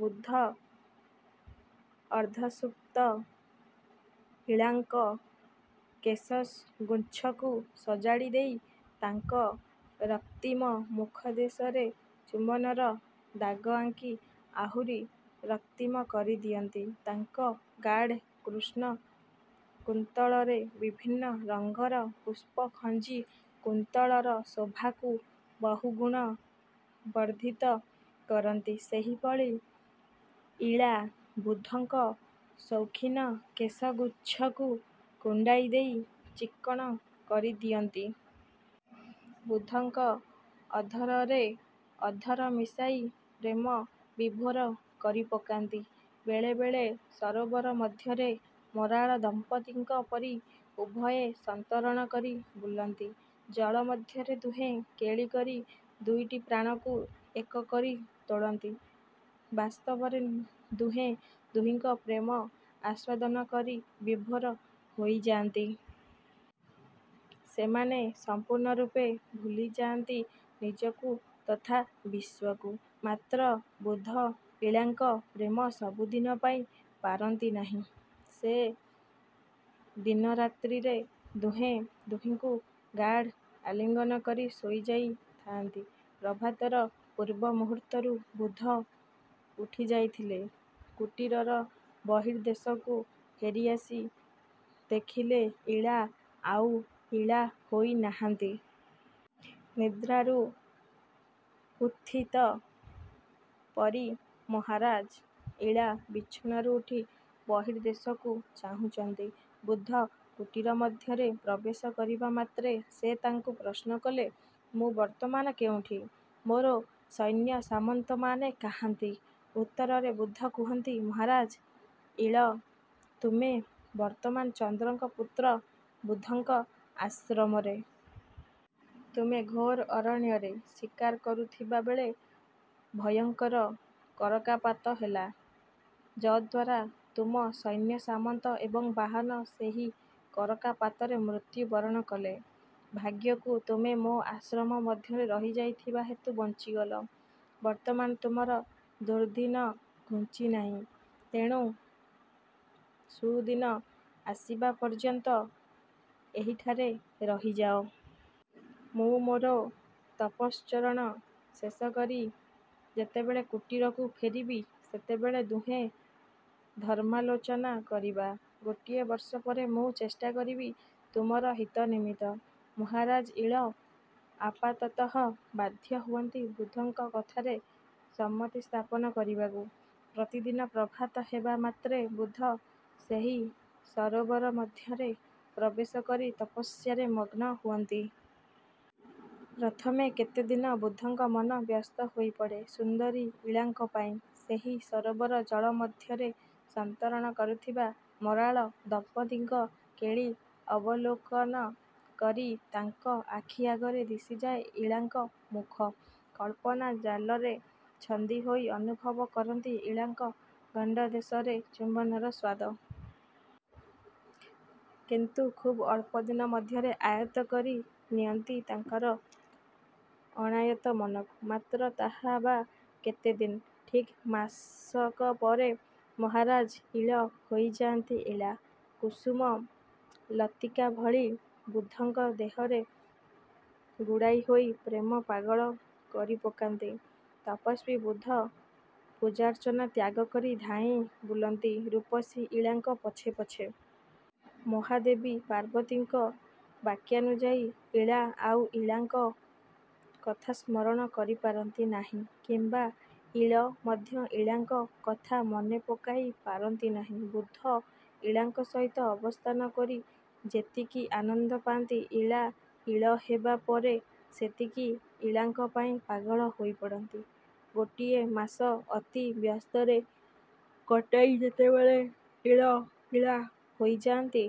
ବୁଧ ଅର୍ଦ୍ଧସୁପ୍ତ ଇଳାଙ୍କ କେଶଗୁଚ୍ଛକୁ ସଜାଡ଼ି ଦେଇ ତାଙ୍କ ରକ୍ତିମ ମୁଖଦେଶରେ ଚୁମ୍ୱନର ଦାଗ ଆଙ୍କି ଆହୁରି ରକ୍ତିମ କରିଦିଅନ୍ତି। ତାଙ୍କ ଗାଢ଼ କୃଷ୍ଣ କୁନ୍ତଳରେ ବିଭିନ୍ନ ରଙ୍ଗର ପୁଷ୍ପ ଖଞ୍ଜି କୁନ୍ତଳର ଶୋଭାକୁ ବହୁଗୁଣ ବର୍ଦ୍ଧିତ କରନ୍ତି। ସେହିଭଳି ଇଳା ବୁଧଙ୍କ ସୌଖିନ କେଶଗୁଚ୍ଛକୁ କୁଣ୍ଡାଇ ଦେଇ ଚିକ୍କଣ କରି ଦିଅନ୍ତି। ବୁଧଙ୍କ ଅଧରରେ ଅଧର ମିଶାଇ ପ୍ରେମ ବିଭୋର କରିପକାନ୍ତି। ବେଳେ ବେଳେ ସରୋବର ମଧ୍ୟରେ ମରାଳ ଦମ୍ପତ୍ତିଙ୍କ ପରି ଉଭୟେ ସନ୍ତରଣ କରି ବୁଲନ୍ତି। ଜଳ ମଧ୍ୟରେ ଦୁହେଁ କେଳି କରି ଦୁଇଟି ପ୍ରାଣକୁ ଏକ କରି ତୋଳନ୍ତି। ବାସ୍ତବରେ ଦୁହେଁ ଦୁହିଁଙ୍କ ପ୍ରେମ ଆସ୍ୱାଦନ କରି ବିଭୋର ହୋଇଯାଆନ୍ତି। ସେମାନେ ସଂପୂର୍ଣ୍ଣ ରୂପେ ଭୁଲିଯାଆନ୍ତି ନିଜକୁ ତଥା ବିଶ୍ୱକୁ। ମାତ୍ର ବୁଧ ଇଳାଙ୍କ ପ୍ରେମ ସବୁଦିନ ପାଇ ପାରନ୍ତି ନାହିଁ। ସେ ଦିନ ରାତ୍ରିରେ ଦୁହେଁ ଦୁହିଁଙ୍କୁ ଗାଢ଼ ଆଲିଙ୍ଗନ କରି ଶୋଇଯାଇ ଥାଆନ୍ତି। ପ୍ରଭାତର ପୂର୍ବ ମୁହୂର୍ତ୍ତରୁ ବୁଧ ଉଠିଯାଇଥିଲେ କୁଟୀରର ବର୍ହିଦେଶକୁ। ଫେରିଆସି ଦେଖିଲେ ଇଳା ଆଉ ଇଳା ହୋଇ ନାହାନ୍ତି। ନିଦ୍ରାରୁ ଉତ୍ଥିତ ପରି ମହାରାଜ ଇଳା ବିଛଣାରୁ ଉଠି ବର୍ହିଦେଶକୁ ଚାହୁଁଛନ୍ତି। ବୁଧ କୁଟୀର ମଧ୍ୟରେ ପ୍ରବେଶ କରିବା ମାତ୍ରେ ସେ ତାଙ୍କୁ ପ୍ରଶ୍ନ କଲେ, ମୁଁ ବର୍ତ୍ତମାନ କେଉଁଠି? ମୋର ସୈନ୍ୟସାମନ୍ତମାନେ କାହାନ୍ତି? ଉତ୍ତରରେ ବୁଧ କୁହନ୍ତି, ମହାରାଜ ଇଳ, ତୁମେ ବର୍ତ୍ତମାନ ଚନ୍ଦ୍ରଙ୍କ ପୁତ୍ର ବୁଧଙ୍କ ଆଶ୍ରମରେ। ତୁମେ ଘୋର ଅରଣ୍ୟରେ ଶିକାର କରୁଥିବା ବେଳେ ଭୟଙ୍କର କରକାପାତ ହେଲା ଯଦ୍ୱାରା ତୁମ ସୈନ୍ୟସାମନ୍ତ ଏବଂ ବାହନ ସେହି କରକା ପାତରେ ମୃତ୍ୟୁ ବରଣ କଲେ। ଭାଗ୍ୟକୁ ତୁମେ ମୋ ଆଶ୍ରମ ମଧ୍ୟର ରହିଯାଇଥିବା ହେତୁ ବଞ୍ଚିଗଲ। ବର୍ତ୍ତମାନ ତୁମର ଦୁର୍ଦ୍ଦିନ ଘୁଞ୍ଚିନାହିଁ। ତେଣୁ ସୁଦିନ ଆସିବା ପର୍ଯ୍ୟନ୍ତ ଏହିଠାରେ ରହିଯାଅ। ମୁଁ ମୋର ତପଶ୍ଚରଣ ଶେଷକରି ଯେତେବେଳେ କୁଟୀରକୁ ଫେରିବି ସେତେବେଳେ ଦୁହେଁ ଧର୍ମାଲୋଚନା କରିବା। ଗୋଟିଏ ବର୍ଷ ପରେ ମୁଁ ଚେଷ୍ଟାକରିବି ତୁମର ହିତ ନିମିତ୍ତ। ମହାରାଜ ଇଳ ଆପାତତଃ ବାଧ୍ୟ ହୁଅନ୍ତି ବୁଧଙ୍କ କଥାରେ ସମ୍ମତ୍ତିଜ୍ଞାପନ କରିବାକୁ। ପ୍ରତିଦିନ ପ୍ରଭାତ ହେବା ମାତ୍ରେ ବୁଧ ସେହି ସରୋବର ମଧ୍ୟରେ ପ୍ରବେଶ କରି ତପସ୍ୟାରେ ମଗ୍ନ ହୁଅନ୍ତି। ପ୍ରଥମେ କେତେ ଦିନ ବୁଧଙ୍କ ମନ ବ୍ୟସ୍ତ ହୋଇପଡ଼େ ସୁନ୍ଦରୀ ଇଳାଙ୍କ ପାଇଁ। ସେହି ସରୋବର ଜଳ ମଧ୍ୟରେ ସନ୍ତରଣ କରୁଥିବା ମରାଳ ଦମ୍ପତ୍ତିଙ୍କ କେଳି ଅବଲୋକନ କରି ତାଙ୍କ ଆଖି ଆଗରେ ଦିଶିଯାଏ ଇଳାଙ୍କ ମୁଖ। କଳ୍ପନା ଜାଲରେ ଛନ୍ଦି ହୋଇ ଅନୁଭବ କରନ୍ତି ଇଳାଙ୍କ ଗଣ୍ଡଦେଶରେ ଚୁମ୍ୱନର ସ୍ୱାଦ। କିନ୍ତୁ ଖୁବ୍ ଅଳ୍ପଦିନ ମଧ୍ୟରେ ଆୟତ କରି ନିଅନ୍ତି ତାଙ୍କର ଅଣାୟତ ମନକୁ। ମାତ୍ର ତାହା ବା କେତେଦିନ? ଠିକ୍ ମାସକ ପରେ ମହାରାଜ ଇଳ ହୋଇଯାଆନ୍ତି ଇଳା। କୁସୁମ ଲତିକା ଭଳି ବୁଧଙ୍କ ଦେହରେ ଗୁଡ଼ାଇ ହୋଇ ପ୍ରେମ ପାଗଳ କରିପକାନ୍ତି। ତପସ୍ୱୀ ବୁଧ ପୂଜାର୍ଚ୍ଚନା ତ୍ୟାଗ କରି ଧାଇଁ ବୁଲନ୍ତି ରୂପସୀ ଇଳାଙ୍କ ପଛେ ପଛେ। ମହାଦେବୀ ପାର୍ବତୀଙ୍କ ବାକ୍ୟାନୁଯାୟୀ ଇଳା ଆଉ ଇଳାଙ୍କ କଥା ସ୍ମରଣ କରିପାରନ୍ତି ନାହିଁ କିମ୍ୱା ଇଳ ମଧ୍ୟ ଇଳାଙ୍କ କଥା ମନେପକାଇ ପାରନ୍ତି ନାହିଁ। ବୁଧ ଇଳାଙ୍କ ସହିତ ଅବସ୍ଥାନ କରି ଯେତିକି ଆନନ୍ଦପାନ୍ତି, ଇଳା ଇଳ ହେବା ପରେ ସେତିକି ଇଳାଙ୍କ ପାଇଁ ପାଗଳ ହୋଇପଡ଼ନ୍ତି-। ଗୋଟିଏ ମାସ ଅତି ବ୍ୟସ୍ତରେ କଟାଇ ଯେତେବେଳେ ଇଳ ଇଳା ହୋଇଯାଆନ୍ତି